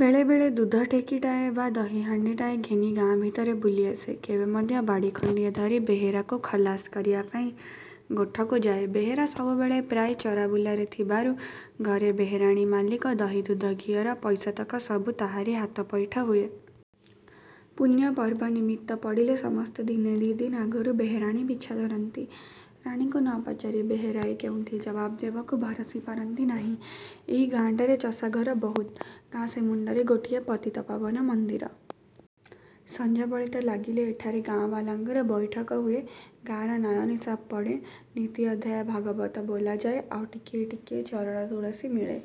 ବେଳେ ବେଳେ ଦୁଧ ଠେକିଟାଏ ବା ଦହି ହାଣ୍ତିଟାଏ ଘେନି ଗାଁ ଭିତରେ ବୁଲି ଆସେ। କେବେ ମଧ୍ୟ ବାଡ଼ି ଖଣ୍ତିଏ ଧରି ବେହେରାକୁ ଖଲାସ କରିବାପାଇଁ ଗୋଠକୁ ଯାଏ। ବେହେରା ସବୁବେଳେ ପ୍ରାୟ ଚରା ବୁଲାରେ ଥିବାରୁ ଘରେ ବେହେରାଣୀ ମାଲିକ। ଦହି ଦୁଧ ଘିଅର ପଇସାତକ ସବୁ ତାହାରି ହାତପୈଠ ହୁଏ। ପୁଣ୍ୟ ପର୍ବ କି ନିମିତ୍ତ ପଡ଼ିଲେ ସମସ୍ତେ ଦିନେ ଦି' ଦିନ ଆଗରୁ ବେହେରାଣୀ ପିଛା ଧରନ୍ତି। ରାଣୀଙ୍କୁ ନ ପଚାରି ବେହେରାଏ କେଉଁଠି ଜବାବ ଦେବାକୁ ଭରସି ପାରନ୍ତି ନାହିଁ। ଏ ଗାଁଟାରେ ଚଷା ଘର ବହୁତ। ଗାଁ ସେମୁଣ୍ତରେ ଗୋଟିଏ ପତିତପାବନ ମନ୍ଦିର। ସଞ୍ଜବଳିତା ଲାଗିଲେ ଏଠାରେ ଗାଁବାଲାଙ୍କର ବୈଠକ ହୁଏ। ଗାଁର ନ୍ୟାୟ ନିଶାପ ପଡ଼େ। ନିତି ଅଧ୍ୟାୟେ ଭାଗବତ ବୋଲାଯାଏ, ଆଉ ଟିକିଏ ଟିକିଏ ଚରଣ-ତୁଳସୀ ମିଳେ।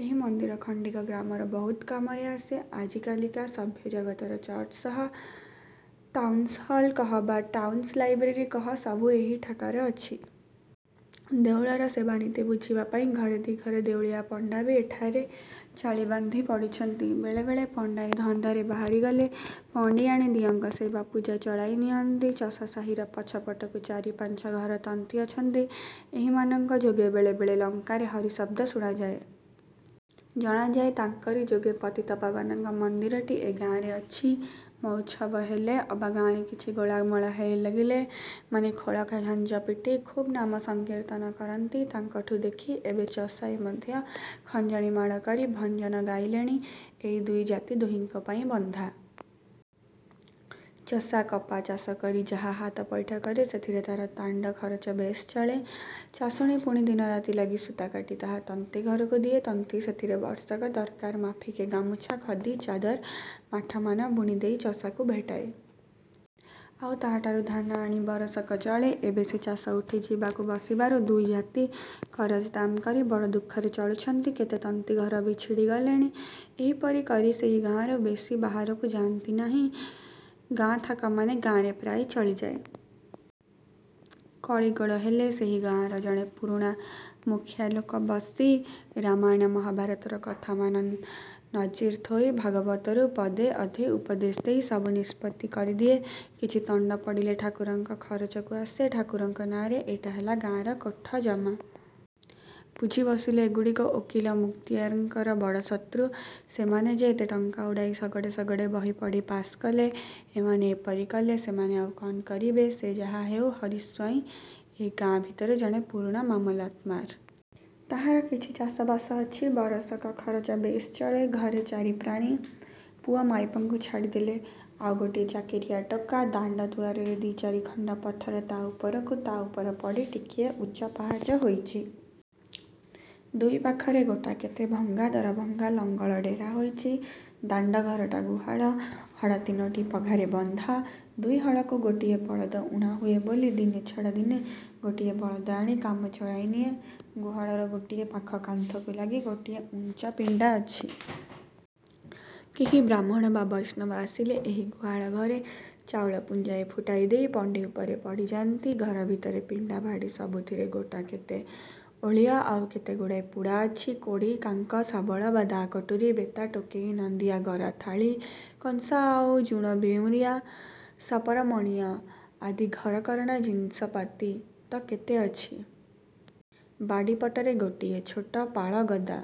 ଏହି ମନ୍ଦିର ଖଣ୍ତିକ ଗ୍ରାମର ବହୁତ କାମରେ ଆସେ। ଆଜିକାଲିକା ସଭ୍ୟ ଜଗତର ଚର୍ଚ୍ଚ କହ ଟାଉନ୍ହଲ୍ କହ ବା ଟାଉନ୍ଲାଇବ୍ରେରୀ କହ, ସବୁ ଏହି ଠାଆକରେ ଅଛି। ଦେଉଳର ସେବା ନିତି ବୁଝିବାପାଇଁ ଘରେ ଦି'ଘର ଦେଉଳିଆ ପଣ୍ତା ବି ଏଠାରେ ଚାଳି ବାନ୍ଧି ପଡ଼ିଛନ୍ତି। ବେଳେ ବେଳେ ପଣ୍ତାଏ ଧନ୍ଦାରେ ବାହାରିଗଲେ ପଣ୍ତିଆଣୀ ଦିଅଁଙ୍କ ସେବା ପୂଜା ଚଳାଇ ନିଅନ୍ତି। ଚଷା ସାହିର ପଛପଟକୁ ଚାରି ପାଞ୍ଚ ଘର ତନ୍ତୀ ଅଛନ୍ତି। ଏହିମାନଙ୍କ ଯୋଗେ ବେଳେ ବେଳେ ଲଙ୍କାରେ ହରି ଶବ୍ଦ ଶୁଣାଯାଏ। ଜଣାଯାଏ, ତାଙ୍କରି ଯୋଗେ ପତିତପାବନଙ୍କ ମନ୍ଦିରଟି ଏ ଗାଁରେ ଅଛି। ମଉଛବ ହେଲେ ଅବା ଗାଁରେ କିଛି ଗୋଳମାଳ ଲାଗିଲେ ଏମାନେ ଖୋଳ ଝାଞ୍ଜ ପିଟି ଖୁବ ନାମ ସଂକୀର୍ତ୍ତନ କରନ୍ତି। ତାଙ୍କଠୁଁ ଦେଖି ଏବେ ଚଷାଏ ମଧ୍ୟ ଖଞ୍ଜଣିମାଡ଼ କରି ଭଜନ ଗାଇଲେଣି। ଏ ଦୁଇ ଜାତି ଦୁହିଙ୍କ ପାଇଁ ବନ୍ଧା। ଚଷା କପା ଚାଷ କରି ଯାହା ହାତପୈଠ କରେ, ସେଥିରେ ତାର ଦାଣ୍ତ ଖରଚ ବେଶ ଚଳେ। ଚାଷୁଣୀ ପୁଣି ଦିନ ରାତି ଲାଗି ସୂତା କାଟି ତାହା ତନ୍ତୀ ଘରକୁ ଦିଏ। ତନ୍ତୀ ସେଥିରେ ବର୍ଷକ ଦରକାରମାଫିକେ ଗାମୁଛା, ଖଦି, ଚାଦର, ମାଠମାନ ବୁଣିଦେଇ ଚଷାକୁ ଭେଟାଏ। ଆଉ ତାହାଠାରୁ ଧାନ ଆଣି ବରଷକ ଚଳେ। ଏବେ ସେ ଚାଷ ଉଠିଯିବାକୁ ବସିବାରୁ ଦୁଇ ଜାତି କରଜଦାମ କରି ବଡ଼ ଦୁଃଖରେ ଚଳୁଛନ୍ତି। କେତେ ତନ୍ତିଘର ବି ଛିଡ଼ି ଗଲେଣି। ଏହିପରି କରି କେହି ଗାଁରୁ ବେଶି ବାହାରକୁ ଯାନ୍ତି ନାହିଁ। ଗାଁକଥାମାନ ଗାଁରେ ପ୍ରାୟ ଚଳିଯାଏ। କଳିଗୋଳ ହେଲେ ସେହି ଗାଁର ଜଣେ ପୁରୁଣା ମୁଖିଆ ଲୋକ ବସି ରାମାୟଣ ମହାଭାରତର କଥାମାନ ନଜୀର ଥୋଇ ଭାଗବତରୁ ପଦେ ଅଧେ ଉପଦେଶ ଦେଇ ସବୁ ନିଷ୍ପତ୍ତି କରିଦିଏ। କିଛି ତଣ୍ତ ପଡ଼ିଲେ ଠାକୁରଙ୍କ ଖରଚକୁ ଆସେ। ଠାକୁରଙ୍କ ନାଁରେ ଏଇଟା ହେଲା ଗାଁର କୋଠ ଜମା। ବୁଝି ବସିଲେ ଏଗୁଡ଼ିକ ଓକିଲ ମୁକ୍ତିଆରଙ୍କର ବଡ଼ ଶତ୍ରୁ। ସେମାନେ ଯେ ଏତେ ଟଙ୍କା ଉଡ଼ାଇ ଶଗଡ଼େ ଶଗଡ଼େ ବହି ପଢ଼ି ପାସ୍କଲେ, ଏମାନେ ଏପରି କଲେ ସେମାନେ ଆଉ କଣ କରିବେ! ସେ ଯାହାହେଉ ହରି ସ୍ୱାଇଁ ଏ ଗାଁ ଭିତରେ ଜଣେ ପୁରୁଣା ମାମଲତ୍କାର। ତାହାର କିଛି ଚାଷ ବାସ ଅଛି। ବରଷକ ଖରଚ ବେଶ୍ ଚଳେ। ଘରେ ଚାରି ପ୍ରାଣୀ। ପୁଅ ମାଇପଙ୍କୁ ଛାଡ଼ିଦେଲେ ଆଉ ଗୋଟିଏ ଚାକିରିଆ ଟୋକା। ଦାଣ୍ତ ଦୁଆରେ ଦି'ଚାରି ଖଣ୍ତ ପଥର ତା ଉପରକୁ ତା ଉପର ପଡ଼ି ଟିକିଏ ଉଚ୍ଚ ପାହାଚ ହୋଇଛି। ଦୁଇ ପାଖରେ ଗୋଟାକେତେ ଭଙ୍ଗା ଦରଭଙ୍ଗା ଲଙ୍ଗଳ ଡେରା ହୋଇଛି। ଦାଣ୍ତ ଘରଟା ଗୁହାଳ। ହଡ଼ା ତିନୋଟି ପଘାରେ ବନ୍ଧା। ଦୁଇ ହଳକୁ ଗୋଟାଏ ବଳଦ ଊଣା ହୁଏ ବୋଲି ଦିନେ ଛଡ଼ା ଦିନେ ଗୋଟିଏ ବଦଳି ଆଣି କାମ ଚଳାଇନିଏ। ଗୁହାଳର ଗୋଟିଏ ପାଖ କାନ୍ଥକୁ ଲାଗି ଗୋଟିଏ ଉଞ୍ଚ ପିଣ୍ତୀ ଅଛି। କେହି ବ୍ରାହ୍ମଣ ବା ବୈଷ୍ଣବ ଆସିଲେ ଏହି ଗୁହାଳ ଘରେ ଚାଉଳ ପୁଞ୍ଜାଏ ଫୁଟାଇ ଦେଇ। ପିଣ୍ତୀ ଉପରେ ପଡ଼ିଯାନ୍ତି। ଘର ଭିତରେ ପିଣ୍ତା ଭାଡ଼ି ସବୁଥିରେ ଗୋଟାକେତେ ଓଳିଆ ଆଉ କେତେଗୁଡ଼ିଏ ପୁଡ଼ା ଅଛି। କୋଡ଼ି, କାଙ୍କ, ଶାବଳ, ଦା, କଟୁରୀ, ବେତା, ଟୋକେଇ, ନନ୍ଦିଆ, ଗରା, ଥାଳି, କଂସା ଆଉ ଜୁଣ-ବେରୁଁଆ, ଶପର ମସିଣା ଆଦି ଘରକରଣା ଜିନିଷପାତି ତ କେତେ ଅଛି। ବାଡ଼ିପଟରେ ଗୋଟିଏ ଛୋଟ ପାଳଗଦା।